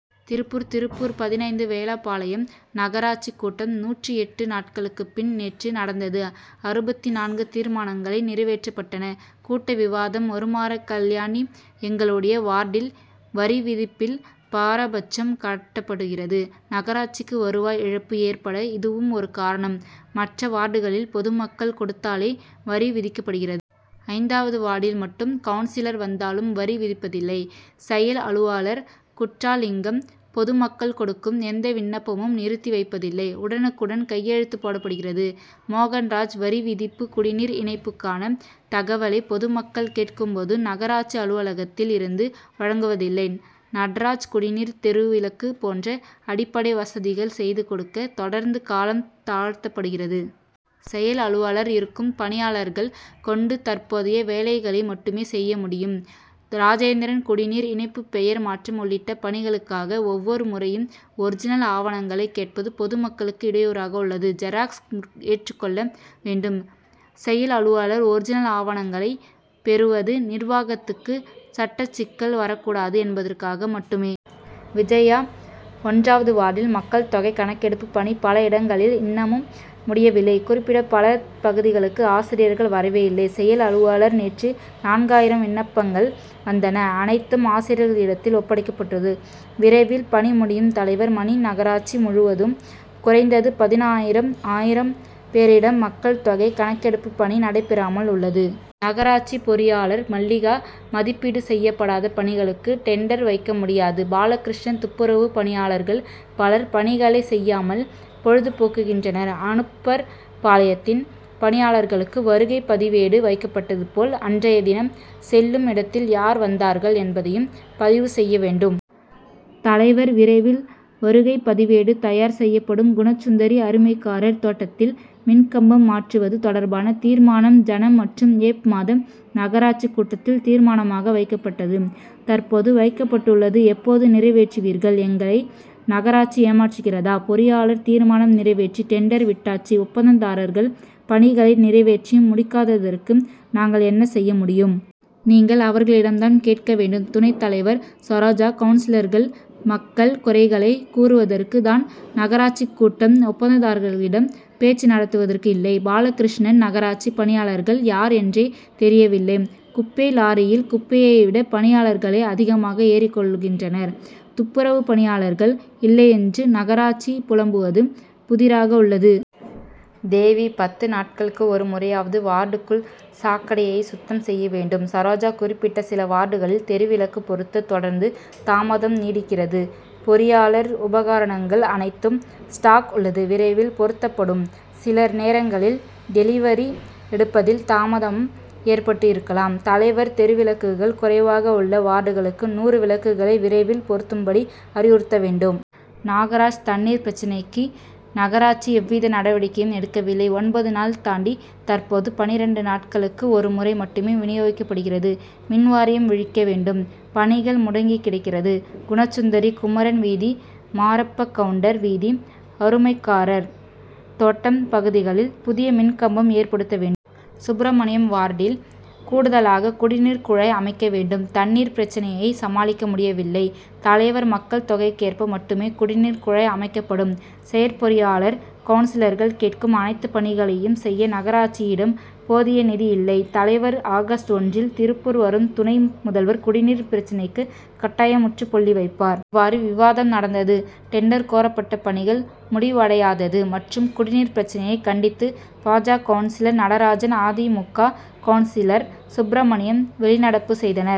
திருப்பூர் திருப்பூர், பதினைந்து வேலம்பாளையம் நகராட்சி கூட்டம், நூற்று எட்டு நாட்களுக்கு பின் நேற்று நடந்தது அறுபத்து நான்கு தீர்மானங்கள் நிறைவேற்றப்பட்டன. கூட்ட விவாதம் வருமாற கல்யாணி எங்களுடைய வார்டில் வரிவிதிப்பில் பாரபட்சம் காட்டப்படுகிறது. நகராட்சிக்கு வருவாய் இழப்பு ஏற்பட இதுவும் ஒரு காரணம். மற்ற வார்டுகளில் பொதுமக்கள் கொடுத்தாலே வரி விதிக்கப்படுகிறது. ஐந்தாவது வார்டில் மட்டும் கவுன்சிலர் வந்தாலும் வரி விதிப்பதில்லை. செயல் அலுவலர் குற்றாலிங்கம்: பொதுமக்கள் கொடுக்கும் எந்த விண்ணப்பமும் நிறுத்தி வைப்பதில்லை; உடனுக்குடன் கையெழுத்து போடப்படுகிறது. மோகன்ராஜ்: வரி விதிப்பு, குடிநீர் இணைப்புக்கான தகவலை பொதுமக்கள் கேட்டும்போது நகராட்சி அலுவலகத்தில் இருந்து வழங்குவதில்லை. நடராஜ்: குடிநீர், தெருவிளக்கு போன்ற அடிப்படை வசதிகள் செய்து கொடுக்க, தொடர்ந்து காலம் தாழ்த்தப்படுகிறது. செயல் அலுவலர்: இருக்கும் பணியாளர்கள் கொண்டு, தற்போதைய வேலைகளை மட்டுமே செய்ய முடியும். ராஜேந்திரன்: குடிநீர் இணைப்பு பெயர் மாற்றம் உள்ளிட்ட பணிகளுக்காக, ஒவ்வொரு முறையும் ஒரிஜினல் ஆவணங்களை கேட்பது, பொதுமக்களுக்கு இடையூறாக உள்ளது. ஜெராக்ஸ் ஏற்றுக்கொள்ள வேண்டும். செயல் அலுவலர்: ஒரிஜினல் ஆவணங்களை பெறுவது நிர்வாகத்துக்கு சட்டச்சிக்கல் வரக்கூடாது என்பதற்காக மட்டுமே. விஜயா: ஒன்றாவது வார்டில் மக்கள் தொகை கணக்கெடுப்பு பணி பல இடங்களில் இன்னமும் முடியவில்லை. குறிப்பிட்ட சில பகுதிகளுக்கு ஆசிரியர்கள் வரவே இல்லை. செயல் அலுவலர்: நேற்று நான்காயிரம் விண்ணப்பங்கள் வந்தன. அனைத்தும் ஆசிரியர்களிடத்தில் ஒப்படைக்கப்பட்டுள்ளது. விரைவில் பணி முடியும். தலைவர் மணி: நகராட்சி முழுவதும் குறைந்தது பதினாயிரம் ஆயிரம் பேரிடம் மக்கள் தொகை கணக்கெடுப்பு பணி நடைபெறாமல் உள்ளது. நகராட்சி பொறியாளர் மல்லிகா: மதிப்பீடு செய்யப்படாத பணிகளுக்கு டெண்டர் வைக்க முடியாது. பாலகிருஷ்ணன்: துப்புரவு பணியாளர்கள் பலர் பணிகளை செய்யாமல், பொழுது போக்குகின்றனர். அனுப்பர்பாளையத்தில் பணியாளர்களுக்கு வருகை பதிவேடு வைக்கப்பட்டது போல், அன்றைய தினம் செல்லும் இடத்தில் யார் வந்தார்கள் என்பதையும் பதிவு செய்ய வேண்டும். தலைவர்: விரைவில் வருகைப்பதிவேடு தயார் செய்யப்படும். குணசுந்தரி: அருமைக்காரர் தோட்டத்தில் மின் கம்பம் மாற்றுவது தொடர்பான தீர்மானம், ஜன., மற்றும் ஏப்., மாத நகராட்சி கூட்டத்தில் தீர்மானமாக வைக்கப்பட்டது; தற்போதும் வைக்கப்பட்டுள்ளது. எப்போது நிறைவேற்றுவீர்கள். எங்களை நகராட்சி ஏமாற்றுகிறதா? பொறியாளர்: தீர்மானம் நிறைவேற்றி, டெண்டர் விட்டாச்சு; ஒப்பந்ததாரர்கள் பணிகளை நிறைவேற்றி முடிக்காததற்கு, நாங்கள் என்ன செய்ய முடியும். நீங்கள் அவர்களிடம் தான் கேட்ட வேண்டும். துணை தலைவர் சரோஜா: கவுன்சிலர்கள், மக்கள் குறைகளை கூறுவதற்கு தான் நகராட்சி கூட்டம். ஒப்பந்ததாரர்களிடம் பேச்சு நடத்துவதற்கு இல்லை. பாலகிருஷ்ணன்: நகராட்சி பணியாளர்கள் யார் என்றே தெரியவில்லை. குப்பை லாரியில் குப்பையை விட பணியாளர்களே அதிகமாக ஏறிக்கொள்கின்றனர். துப்புரவு பணியாளர்கள் இல்லை என்று நகராட்சி புலம்புவது புதிராக உள்ளது. தேவி: பத்து நாட்களுக்கு ஒரு முறையாவது வார்டுக்குள் சாக்கடையை சுத்தம் செய்ய வேண்டும். சரோஜா: குறிப்பிட்ட சில வார்டுகளில் தெருவிளக்கு பொருத்த தொடர்ந்து தாமதம் நீடிக்கிறது. பொறியாளர்: உபகரணங்கள் அனைத்தும் "ஸ்டாக்' உள்ளது. விரைவில் பொருத்தப்படும். சில நேரங்களில் "டெலிவரி' எடுப்பதில் தாமதம் ஏற்பட்டிருக்கலாம். தலைவர்: தெருவிளக்குகள் குறைவாக உள்ள வார்டுகளுக்கு நூறு விளக்குகளை விரைவில் பொருத்தும்படி அறிவுறுத்த வேண்டும். நாகராஜ்: தண்ணீர் பிரச்னைக்கு நகராட்சி எவ்வித நடவடிக்கையும் எடுக்கவில்லை. ஒன்பது நாள் தாண்டி, தற்போது பன்னிரண்டு நாட்களுக்கு ஒரு முறை மட்டுமே வினியோகிக்கப்படுகிறது. மின்வாரியம் விழிக்க வேண்டும்; பணிகள் முடங்கிக் கிடக்கிறது. குணசுந்தரி: குமரன் வீதி, மாரப்பக்கவுண்டர் வீதி, அருமைக்காரர் தோட்டம் பகுதிகளில் புதிய மின்கம்பம் ஏற்படுத்த வேண்டும். சுப்ரமணியம்: வார்டில் கூடுதலாக குடிநீர் குழாய் அமைக்க வேண்டும். தண்ணீர் பிரச்னையை சமாளிக்க முடியவில்லை. தலைவர்: மக்கள் தொகைக்கேற்ப மட்டுமே குடிநீர் குழாய் அமைக்கப்படும். செயற்பொறியாளர்: கவுன்சிலர்கள் கேட்கும் அனைத்து பணிகளையும் செய்ய நகராட்சியிடம் போதிய நிதி இல்லை. தலைவர் ஆகஸ்ட் ஒன்றில் திருப்பூர் வரும் துணை முதல்வர் குடிநீர் பிரச்னைக்கு கட்டாயம் முற்றுப்புள்ளி வைப்பார். இவ்வாறு, விவாதம் நடந்தது. டெண்டர் கோரப்பட்ட பணிகள் முடிவடையாதது மற்றும் குடிநீர் பிரச்னையை கண்டித்து, பா. ஜ., கவுன்சிலர் நடராஜன், அ. தி. மு. க., கவுன்சிலர் சுப்ரமணியம் வெளிநடப்பு செய்தனர்.